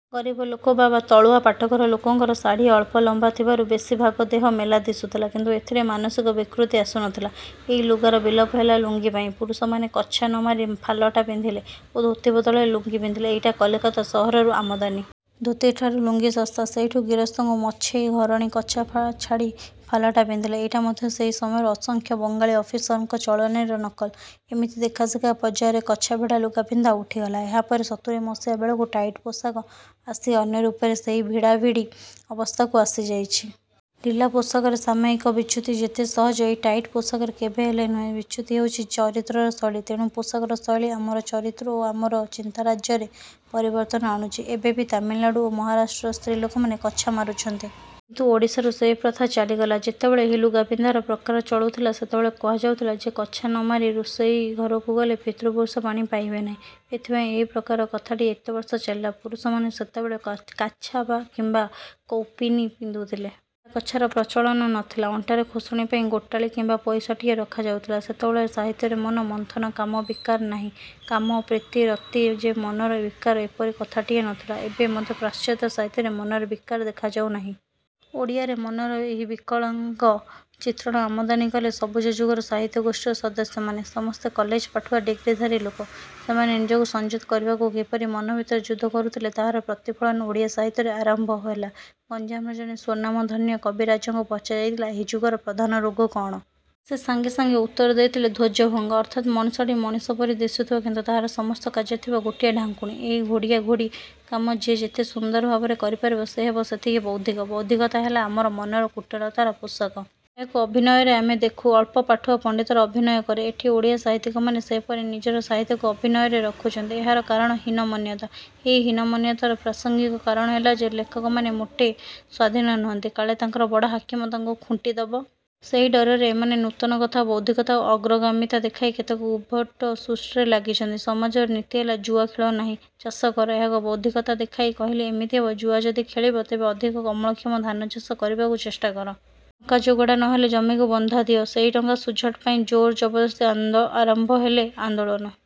ଗରିବ ଲୋକ ବା ତଳୁଆ ପାଟକର ଲୋକଙ୍କର ଶାଢ଼ୀ ଅଳ୍ପ ଲମ୍ୱା ଥିବାରୁ ବେଶି ଭାଗ ଦେହ ମେଲା ଦିଶୁଥିଲା। କିନ୍ତୁ ଏଥିରେ ମାନସିକ ବିକୃତି ଆସୁ ନ ଥିଲା। ଏହି ଲୁଗାର ବିଲୋପ ହେଲା ଲୁଙ୍ଗି ପାଇଁ। ପୁରୁଷମାନେ କଛା ନ ମାରି ଫାଲଟା ପିନ୍ଧିଲେ ଓ ଧୋତି ବଦଳରେ ଲୁଙ୍ଗି ପିନ୍ଧିଲେ–ଏଇଟା କଲିକତା ସହରରୁ ଆମଦାନି। ଧୋତିଠାରୁ ଲୁଙ୍ଗି ଶସ୍ତା। ସେଇଠୁ ଗିରସ୍ତଙ୍କୁ ମଛେଇ ଘରଣୀ କଛା ଛାଡ଼ି ଫାଲଟା ପିନ୍ଧିଲେ। ଏଇଟା ମଧ୍ୟ ସେହି ସମୟର ଅସଂଖ୍ୟ ବଙ୍ଗାଳୀ ଅଫିସରଙ୍କ ଚଳଣୀର ନକଲ। ଏମିତି ଦେଖା ଶିଖା ପର୍ଯ୍ୟାୟରେ କଛାଭିଡ଼ା ଲୁଗାପିନ୍ଧା ଉଠିଗଲା। ଏହାପରେ ସତୁରୀମସିହା ବେଳକୁ ଟାଇଟ୍ ପୋଷାକ ଆସି ଅନ୍ୟ ରୂପରେ ସେହି ଭିଡ଼ାଭିଡ଼ି ଅବସ୍ଥାକୁ ଆସିଯାଇଛି। ଢିଲା ପୋଷାକରେ ସାମୟିକ ବିଚ୍ୟୁତି ଯେତେ ସହଜ, ଏହି ଟାଇଟ ପୋଷାକରେ କେବେହେଲେ ନୁହେଁ। ବିଚ୍ୟୁତି ହେଉଛି ଚରିତ୍ରର ଶୈଳୀ। ତେଣୁ ପୋଷାକର ଶୈଳୀ ଆମର ଚରିତ୍ର ଓ ଆମର ଚିନ୍ତାରାଜ୍ୟରେ ପରିବର୍ତ୍ତନ ଆଣୁଛି। ଏବେ ବି ତାମିଲନାଡ଼ୁ ଓ ମହାରାଷ୍ଟ୍ରରେ ସ୍ତ୍ରୀ ଲୋକମାନେ କଛା ମାରୁଛନ୍ତି। କିନ୍ତୁ ଓଡ଼ିଶାରୁ ସେହି ପ୍ରଥା ଚାଲିଗଲା। ଯେତେବେଳେ ଏହି ଲୁଗାପିନ୍ଧାର ପ୍ରକାର ଚଳୁଥିଲା ସେତେବେଳେ କୁହାଯାଉଥିଲା ଯେ କଛା ନ ମାରି ରୋଷୟଇ ଘରକୁ ଗଲେ ପିତୃପୁରୁଷ ପାଣି ପାଇବେ ନାହିଁ। ଏଥିପାଇଁ ଏହି ପ୍ରକାରର କଥାଟିଏ ଏତେବର୍ଷ ଚାଲିଲା। ପୁରୁଷମାନେ ସେତେବେଳେ କାଛା କିମ୍ୱା କୌପୁନୀ ପିନ୍ଧୁଥିଲେ। ଢିଲା କଛାର ପ୍ରଚଳନ ନ ଥିଲା। ଅଣ୍ଟାରେ ଖୋସଣୀ ପାଇଁ ଗୋଟାଳି କିମ୍ୱା ପଇସାଟିଏ ରଖାଯାଉଥିଲା। ସେତେବେଳର ସାହିତ୍ୟରେ ମନ–ମନ୍ଥନ କାମ ବିକାର ନାହିଁ। କାମ, ପ୍ରୀତି ଓ ରତି ଯେ ମନର ବିକାର–ଏପରି କଥାଟିଏ ନ ଥିଲା। ଏବେ ମଧ୍ୟ ପାଶ୍ଚାତ୍ୟ ସାହିତ୍ୟରେ ମନର ବିକାର ଦେଖାଯାଉ ନାହିଁ। ଓଡ଼ିଆରେ ମନର ଏହି ବିକଳାଙ୍ଗ ଚିତ୍ରଣ ଆମଦାନି କଲେ ସବୁଜଯୁଗର ସାହିତ୍ୟଗୋଷ୍ଠୀର ସଦସ୍ୟମାନେ। ସମସ୍ତେ କଲେଜ ପାଠୁଆ ଡିଗ୍ରିଧାରୀ ଲୋକ। ସେମାନେ ନିଜକୁ ସଞ୍ଜତ କରିବାକୁ କିପରି ମନଭିତରେ ଯୁଦ୍ଧ କରୁଥିଲେ ତାହାର ପ୍ରତିଫଳନ ଓଡ଼ିଆ ସାହିତ୍ୟରେ ଆରମ୍ଭ ହେଲା। ଗଞ୍ଜାମର ଜଣେ ସ୍ୱନାମଧନ୍ୟ କବିରାଜଙ୍କୁ ପଚରା ଯାଇଥିଲା ଏହି ଯୁଗର ପ୍ରଧାନ ରୋଗ କ'ଣ? ସେ ସାଙ୍ଗେ ସାଙ୍ଗେ ଉତ୍ତର ଦେଇଥିଲେ–ଧ୍ୱଜଭଙ୍ଗ। ଅର୍ଥାତ୍ ମଣିଷଟି ମଣିଷ ପରି ଦିଶୁଥିବ କିନ୍ତୁ ତାହାର ସମସ୍ତ କାର୍ଯ୍ୟରେ ଥିବ ଗୋଟିଏ ଢାଙ୍କୁଣି। ଏହି ଘୋଡ଼ିଆ ଘୋଡ଼ି କାମ ଯିଏ ଯେତେ ସୁନ୍ଦର ଭାବରେ କରିପାରିବ ସେ ହେବ ସେତିକି ବୌଦ୍ଧିକ। ବୌଦ୍ଧିକତା ହେଲା ଆମର ମନର କୁଟିଳତାର ପୋଷାକ। ଏହାକୁ ଅଭିନୟରେ ଆମେ ଦେଖୁ। ଅଳ୍ପ ପାଠୁଆ ପଣ୍ତିତର ଅଭିନୟ କରେ। ଏଠି ଓଡ଼ିଆ ସାହିତ୍ୟିକମାନେ ସେହିପରି ନିଜର ସାହିତ୍ୟିକୁ ଅଭିନୟରେ ରଖୁଛନ୍ତି। ଏହାର କାରଣ ହୀନମନ୍ୟତା। ଏହି ହୀନମନ୍ୟତାର ପ୍ରାସଙ୍ଗିକ କାରଣ ହେଲା ଯେ ଲେଖକମାନେ ମୋଟେ ସ୍ୱାଧୀନ ନୁହନ୍ତି। କାଳେ ତାଙ୍କର ବଡ଼ ହାକିମ ତାଙ୍କୁ ଖୁଣ୍ଟି ଦବ। ସେହି ଡରରେ ଏମାନେ ନୂତନ କଥା, ବୌଦ୍ଧିକତା ଓ ଅଗ୍ରଗାମିତା ଦେଖାଇ କେତେକ ଉଦ୍ଭଟ ସୃଷ୍ଟିରେ ଲାଗିଛନ୍ତି। ସମାଜର ନୀତି ହେଲା–ଜୁଆ ଖେଳ ନାହିଁ। ଚାଷ କର। ଏହାକୁ ବୌଦ୍ଧିକତା ଦେଖାଇ କହିଲେ ଏମିତି ହେବ–ଜୁଆ ଯଦି ଖେଳିବ ତେବେ ଅଧିକ ଅମଳକ୍ଷମ ଧାନଚାଷ କରିବାକୁ ଚେଷ୍ଟା କର। ଟଙ୍କା ଯୋଗାଡ଼ ନ ହେଲେ ଜମିକୁ ବନ୍ଧା ଦିଅ। ସେହି ଟଙ୍କା ଶୁଝଟ ପାଇଁ ଜୋର ଜବରଦସ୍ତି ଆରମ୍ଭ ହେଲେ ଆନ୍ଦୋଳନ